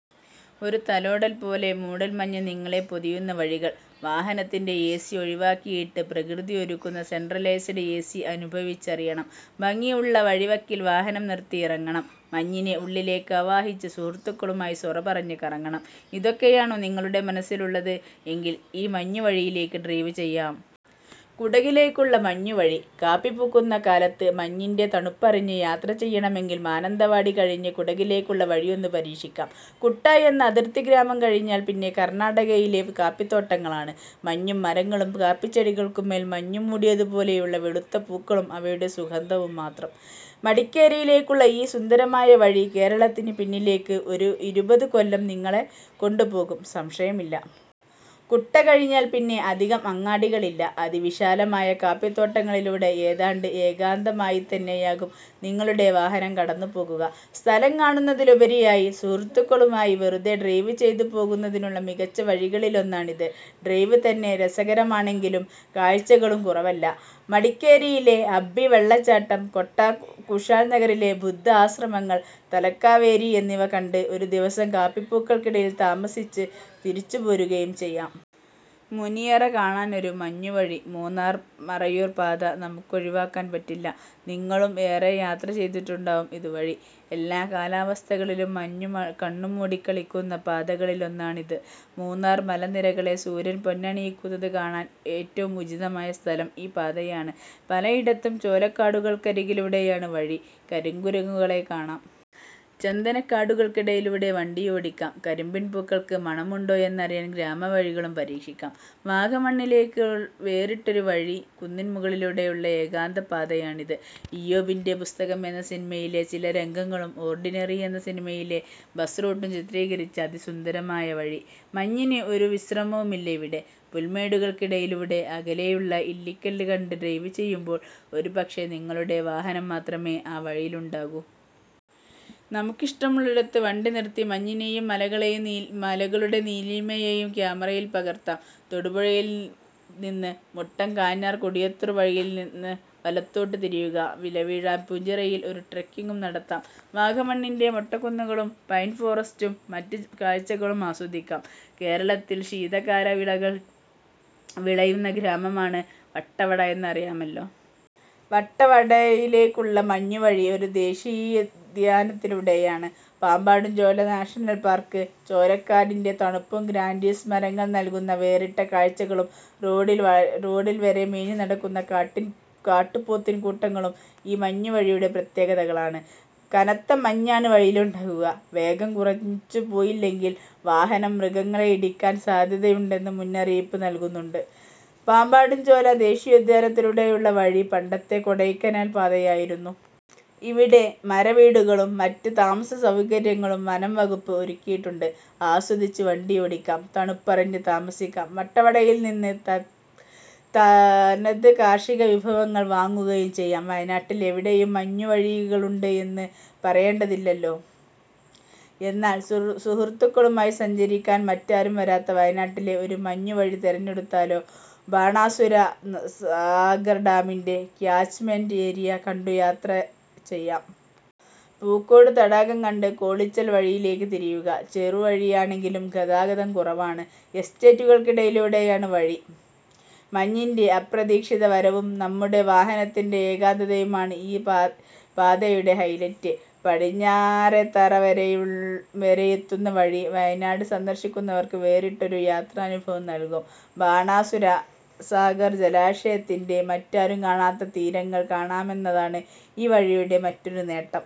ഒരു തലോടൽ പോലെ മൂടൽമഞ്ഞ് നിങ്ങളെ പൊതിയുന്ന വഴികൾ. വാഹനത്തിൻ്റെ എ.സി. ഒഴിവാക്കിയിട്ട് പ്രകൃതി ഒരുക്കുന്ന സെൻട്രലൈസ്ഡ് എ.സി. അനുഭവിച്ചറിയണം. ഭംഗിയുള്ള വഴിവക്കിൽ വാഹനം നിർത്തി ഇറങ്ങണം, മഞ്ഞിനെ ഉള്ളിലേക്കാവാഹിച്ച് സുഹൃത്തുക്കളുമായി സൊറ പറഞ്ഞ് കറങ്ങണം. ഇതൊക്കെയാണോ നിങ്ങളുടെ മനസ്സിലുള്ളത്? എങ്കിൽ ഈ മഞ്ഞുവഴികളിലേക്ക് ഡ്രൈവ് ചെയ്യാം. കുടകിലേക്കുള്ള മഞ്ഞുവഴി. കാപ്പി പൂക്കുന്ന കാലത്ത് മഞ്ഞിൻ്റെ തണുപ്പറിഞ്ഞ് യാത്ര ചെയ്യണമെങ്കിൽ മാനന്തവാടി കഴിഞ്ഞ് കുടകിലേക്കുള്ള വഴിയൊന്ന് പരീക്ഷിക്കാം. കുട്ട എന്ന അതിർത്തി ഗ്രാമം കഴിഞ്ഞാൽ പിന്നെ കർണാടകയിലെ കാപ്പിത്തോട്ടങ്ങളാണ്. മഞ്ഞും മരങ്ങളും കാപ്പിച്ചെടികൾക്കുമേൽ മഞ്ഞുമൂടിയതുപോലെയുള്ള വെളുത്ത പൂക്കളും അവയുടെ സുഗന്ധവും മാത്രം! മടിക്കേരിയിലേക്കുള്ള ഈ സുന്ദരമായ വഴി കേരളത്തിന് പിന്നിലേക്ക് ഒരു ഇരുപത് കൊല്ലം നിങ്ങളെ കൊണ്ടുപോകും; സംശയമില്ല. കുട്ട കഴിഞ്ഞാൽ പിന്നെ അധികം അങ്ങാടികളില്ല. അതിവിശാലമായ കാപ്പിത്തോട്ടങ്ങളിലൂടെ ഏതാണ്ട് ഏകാന്തമായിത്തന്നെയാകും നിങ്ങളുടെ വാഹനം കടന്നുപോകുക. സ്ഥലം കാണുന്നതിലുപരിയായി സുഹൃത്തുക്കളുമായി വെറുതെ ഡ്രൈവ് ചെയ്തുപോകാനുള്ള മികച്ച വഴികളിലൊന്നാണിത്. ഡ്രൈവ് തന്നെ രസകരമാണെങ്കിലും കാഴ്ചകളും കുറവല്ല. മടിക്കേരിയിലെ അബ്ബി വെള്ളച്ചാട്ടം, കോട്ട, കുശാൽനഗറിലെ ബുദ്ധ ആശ്രമങ്ങൾ, തലക്കാവേരി എന്നിവ കണ്ട്, ഒരു ദിവസം കാപ്പിപ്പൂക്കൾക്കിടയിൽ താമസിച്ച് തിരിച്ചുപോരുകയും ചെയ്യാം. മുനിയറ കാണാനൊരു മഞ്ഞുവഴി മൂന്നാർ - മറയൂർ പാത നമുക്കൊഴിവാക്കാൻ പറ്റില്ല. നിങ്ങളും ഏറെ യാത്ര ചെയ്തിട്ടുണ്ടാകും ഇതുവഴി. എല്ലാ കാലാവസ്ഥകളിലും മഞ്ഞു കണ്ണുമൂടിക്കളിക്കുന്ന പാതകളിലൊന്നാണിത്. മൂന്നാർ മലനിരകളെ സൂര്യൻ പൊന്നണിയിക്കുന്നത് കാണാൻ ഏറ്റവും ഉചിതമായ സ്ഥലം ഈ പാതയാണ്. പലയിടത്തും ചോലക്കാടുകൾക്കരികിലൂടെയാണ് വഴി. കരിങ്കുരങ്ങുകളെ കാണാം. ചന്ദനക്കാടുകൾക്കിടയിലൂടെ വണ്ടിയോടിക്കാം. കരിമ്പിൻപൂക്കൾക്ക് മണമുണ്ടോ എന്നറിയാൻ ഗ്രാമവഴികളും പരീക്ഷിക്കാം. വാഗമണ്ണിലേക്ക് വേറിട്ടൊരു വഴി കുന്നിൻമുകളിലൂടെയുള്ള ഏകാന്തപാതയാണിത്. 'ഇയ്യോബിൻ്റെ പുസ്തകം' എന്ന സിനിമയിലെ ചില രംഗങ്ങളും 'ഓർഡിനറി' എന്ന സിനിമയിലെ ബസ് റൂട്ടും ചിത്രീകരിച്ച അതിസുന്ദരമായ വഴി. മഞ്ഞിന് ഒരു വിശ്രമവുമില്ല ഇവിടെ! പുൽമേടുകൾക്കിടയിലൂടെ അകലെയുള്ള ഇല്ലിക്കൽകല്ല് കണ്ട് ഡ്രൈവ് ചെയ്യുമ്പോൾ, ഒരുപക്ഷേ നിങ്ങളുടെ വാഹനം മാത്രമേ ആ വഴിയിലുണ്ടാകൂ. നമുക്കിഷ്ടമുള്ളിടത്ത് വണ്ടി നിർത്തി മഞ്ഞിനെയും മലകളെയുംമലകളുടെ നീലിമയെയും ക്യാമറയിൽ പകർത്താം. തൊടുപുഴയിൽ നിന്ന് മുട്ടം - കാഞ്ഞാർ - കൊടിയത്തൂർ വഴിയിൽ നിന്ന് വലത്തോട്ട് തിരിയുക. ഇലവീഴാപൂഞ്ചിറയിൽ ഒരു ട്രെക്കിംഗും നടത്താം. വാഗമണ്ണിൻ്റെ മൊട്ടക്കുന്നുകളും പൈൻ ഫോറസ്റ്റും മറ്റ് കാഴ്ചകളും ആസ്വദിക്കാം. കേരളത്തിൽ ശീതകാല വിളകൾ വിളയുന്ന ഗ്രാമമാണ് വട്ടവട എന്ന് അറിയാമല്ലോ. വട്ടവടയിലേക്കുള്ള മഞ്ഞുവഴി ഒരു ദേശീയോധ്യാനത്തിലൂടെയാണ്; പാമ്പാടുംചോല നാഷണൽ പാർക്ക്! ചോലക്കാടിൻ്റെ തണുപ്പും ഗ്രാൻ്റീസ് മരങ്ങൾ നൽകുന്ന വേറിട്ട കാഴ്ചകളും റോഡിൽ വരെ മേഞ്ഞുനടക്കുന്ന കാട്ടുപോത്തിൻകൂട്ടങ്ങളും ഈ മഞ്ഞുവഴിയുടെ പ്രത്യേകതകളാണ്. കനത്ത മഞ്ഞാണ് വഴിയിലുണ്ടാകുക. വേഗം കുറച്ചുപോയില്ലെങ്കിൽ വാഹനം മൃഗങ്ങളെ ഇടിച്ചിടാൻ സാധ്യതയുണ്ടെന്ന് മുന്നറിയിപ്പ് നൽകുന്നുണ്ട്. പാമ്പാടുംചോല ദേശീയോദ്യാനത്തിലൂടെയുള്ള വഴി പണ്ടത്തെ കൊടൈക്കനാൽ പാതയായിരുന്നു. ഇവിടെ മരവീടുകളും മറ്റ് താമസസൗകര്യങ്ങളും വനംവകുപ്പ് ഒരുക്കിയിട്ടുണ്ട്. ആസ്വദിച്ച് വണ്ടിയോടിക്കാം; തണുപ്പറിഞ്ഞ് താമസിക്കാം. വട്ടവടയിൽ നിന്ന് താതനത് കാർഷികവിഭവങ്ങൾ വാങ്ങുകയും ചെയ്യാം. വയനാട്ടിൽ എവിടെയും മഞ്ഞുവഴികളുണ്ട് എന്ന് പറയേണ്ടതില്ലല്ലോ. എന്നാൽ സുഹൃത്തുക്കളുമായി സഞ്ചരിക്കാൻ മറ്റാരും വരാത്ത വയനാട്ടിലെ ഒരു മഞ്ഞുവഴി തിരഞ്ഞെടുത്താലോ? ബാണാസുര സാഗർ ഡാമിൻ്റെ ക്യാച്ച്‌മെൻ്റ് ഏരിയ കണ്ടു യാത്ര ചെയ്യാം. പൂക്കോട് തടാകം കണ്ട് കോളിച്ചാൽ വഴിയിലേക്ക് തിരിയുക. ചെറുവഴിയാണെങ്കിലും ഗതാഗതം കുറവാണ്. എസ്റ്റേറ്റുകൾക്കിടയിലൂടെയാണ് വഴി. മഞ്ഞിൻ്റെ അപ്രതീക്ഷിത വരവും നമ്മുടെ വാഹനത്തിൻ്റെ ഏകാന്തതയുമാണ് ഈ പാതയുടെ ഹൈലൈറ്റ്. പടിഞ്ഞാറത്തറ വരെയെത്തുന്ന വഴി വയനാട് സന്ദർശിക്കുന്നവർക്ക് വേറിട്ടൊരു യാത്രാനുഭവം നൽകും. ബാണാസുര സാഗർ ജലാശയത്തിൻ്റെ മറ്റാരും കാണാത്ത തീരങ്ങൾ കാണാമെന്നതാണ് ഈ വഴിയുടെ മറ്റൊരു നേട്ടം.